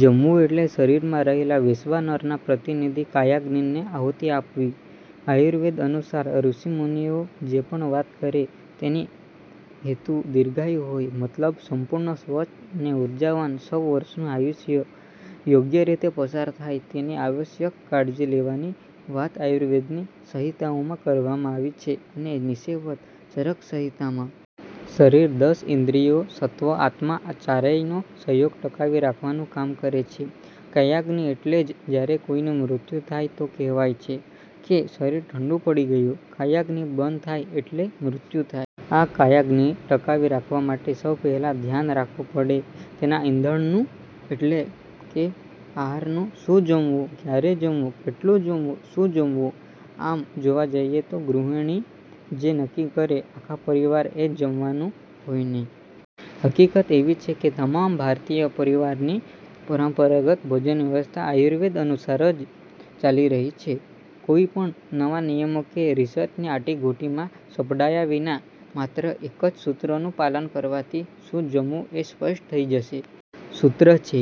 જમવું એટલે શરીરમાં રહેલા વૈશ્વાનરના પ્રતિનિધિ કાયાગ્નિને આહુતિ આપવી. આયુર્વેદ અનુસાર ઋષિમુનિઓ જે પણ વાત કરે તેની હેતુ દીર્ઘાયુ હોય. મતલબ, સંપૂર્ણ સ્વસ્થ અને ઉર્જાવાન સો વર્ષનું આયુષ્ય યોગ્ય રીતે પસાર થાય તેની આવશ્યક કાળજી લેવાની વાત આયુર્વેદની સંહિતાઓમાં કરવામાં આવી છે અને વિશેષતઃ ચરકસંહિતામાં. શરીર દસ ઇન્દ્રિયો, સત્વ, આત્મા – આ ચારેયનો સંયોગ ટકાવી રાખવાનું કામ કરે છે કાયાગ્નિ. એટલે જ જ્યારે કોઈનું મૃત્યુ થાય તો કહેવાય છે કે "શરીર ઠંડુ પડી ગયું". કાયાગ્નિ બંધ થાય એટલે મૃત્યુ થાય. આ કાયાગ્નિને ટકાવી રાખવા માટે સૌથી પહેલાં ધ્યાન રાખવું પડે તેના ઇંધણનું – એટલે કે આહારનું. શું જમવું? ક્યારે જમવું? કેટલું જમવું? શું જમવું – આમ જોવા જઈએ તો ગૃહિણી જે નક્કી કરે, આખા પરિવારે એ જ જમવાનું હોયને! હકીકત એવી છે કે તમામ ભારતીય પરિવારની પરંપરાગત ભોજનવ્યવસ્થા આયુર્વેદ અનુસાર જ ચાલી રહી છે. કોઈ પણ નવા નિયમો કે રિસર્ચની આંટીઘૂંટીમાં સપડાયા વિના માત્ર એક જ સૂત્રનું પાલન કરવાથી શું જમવું એ સ્પષ્ટ થઈ જશે. સૂત્ર છે: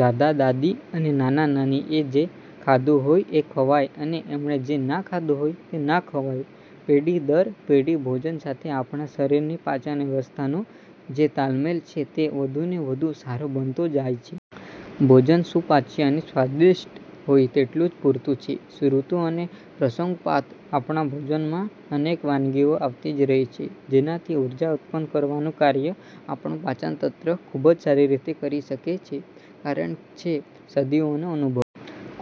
દાદા-દાદી અને નાના-નાનીએ જે ખાધું હોય એ ખવાય અને એમણે જે ના ખાધું હોય તે ના ખવાય. પેઢી દર પેઢી ભોજન સાથે આપણા શરીરની પાચન વ્યવસ્થાનો જે તાલમેલ છે તે વધુને વધુ સારો બનતો જાય છે. ભોજન સુપાચ્ય અને સ્વાદિષ્ટ હોય તેટલું પૂરતું છે. ઋતુ અને પ્રસંગોપાત આપણા ભોજનમાં અનેક વાનગીઓ આવતી જ રહે છે. જેમાંથી ઉર્જા ઉત્પન્ન કરવાનું કાર્ય આપણું પાચનતંત્ર ખૂબ સારી રીતે કરી શકે છે, કારણ છે સદીઓનો અનુભવ.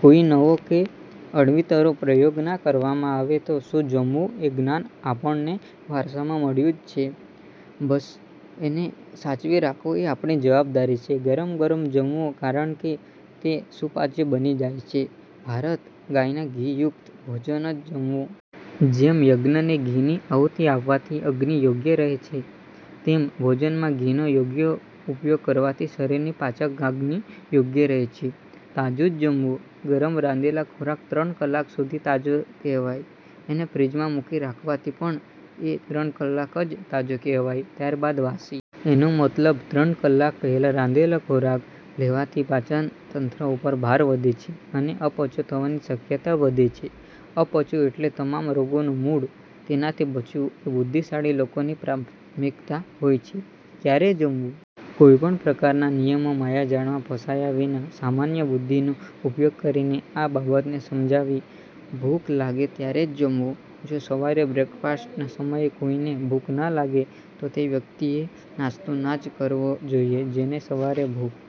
કોઈ નવો કે અળવીતરો પ્રયોગ ના કરવામાં આવે તો શું જમવું એ જ્ઞાન આપણને વારસામાં મળ્યું જ છે, બસ એને સાચવી રાખવું એ આપણી જવાબદારી છે. ગરમગરમજમવું, કારણકે તે સુપાચ્ય બની જાય છે. ભારત ગાયના ઘી યુક્ત ભોજન જ જમવું. જેમ યજ્ઞને ઘીની આહુતી આપવાથી અગ્નિ યોગ્ય રહે છે, તેમ ભોજનમાં ઘીનો યોગ્ય ઉપયોગ કરવાથી શરીરની પાચક આગ્નિ યોગ્ય રહે છે. તાજું જ જમવું. ગરમ રાંધેલો ખોરાક ત્રણ કલાક સુધી તાજો કહેવાય. એને ફ્રીઝમાં મૂકી રાખવાથી પણ એ ત્રણ કલાક જ તાજો કહેવાય, ત્યારબાદ વાસી. એનો મતલબ, ત્રણ કલાક પહેલાં રાંધેલો ખોરાક લેવાથી પાચનતંત્ર ઉપર ભાર વધે છે અને અપચો થવાની શક્યતા વધે છે. અપચો એટલે તમામ રોગોનું મૂળ. તેનાથી બચવું એ બુદ્ધિશાળી લોકોની પ્રાથમિકતા હોય છે. ક્યારે જમવું? કોઈ પણ પ્રકારના નિયમોની માયાજાળમાં ફસાયા વિના, સામાન્ય બુદ્ધિનો ઉપયોગ કરીને આ બાબતને સમજવી. "ભૂખ લાગે ત્યારે જ જમવું". જો સવારે બ્રેકફાસ્ટના સમયે કોઈને ભૂખ ના લાગે તો તેવ્યક્તિએ નાસ્તો ના જ કરવો જોઈએ. જેને સવારે ભૂખ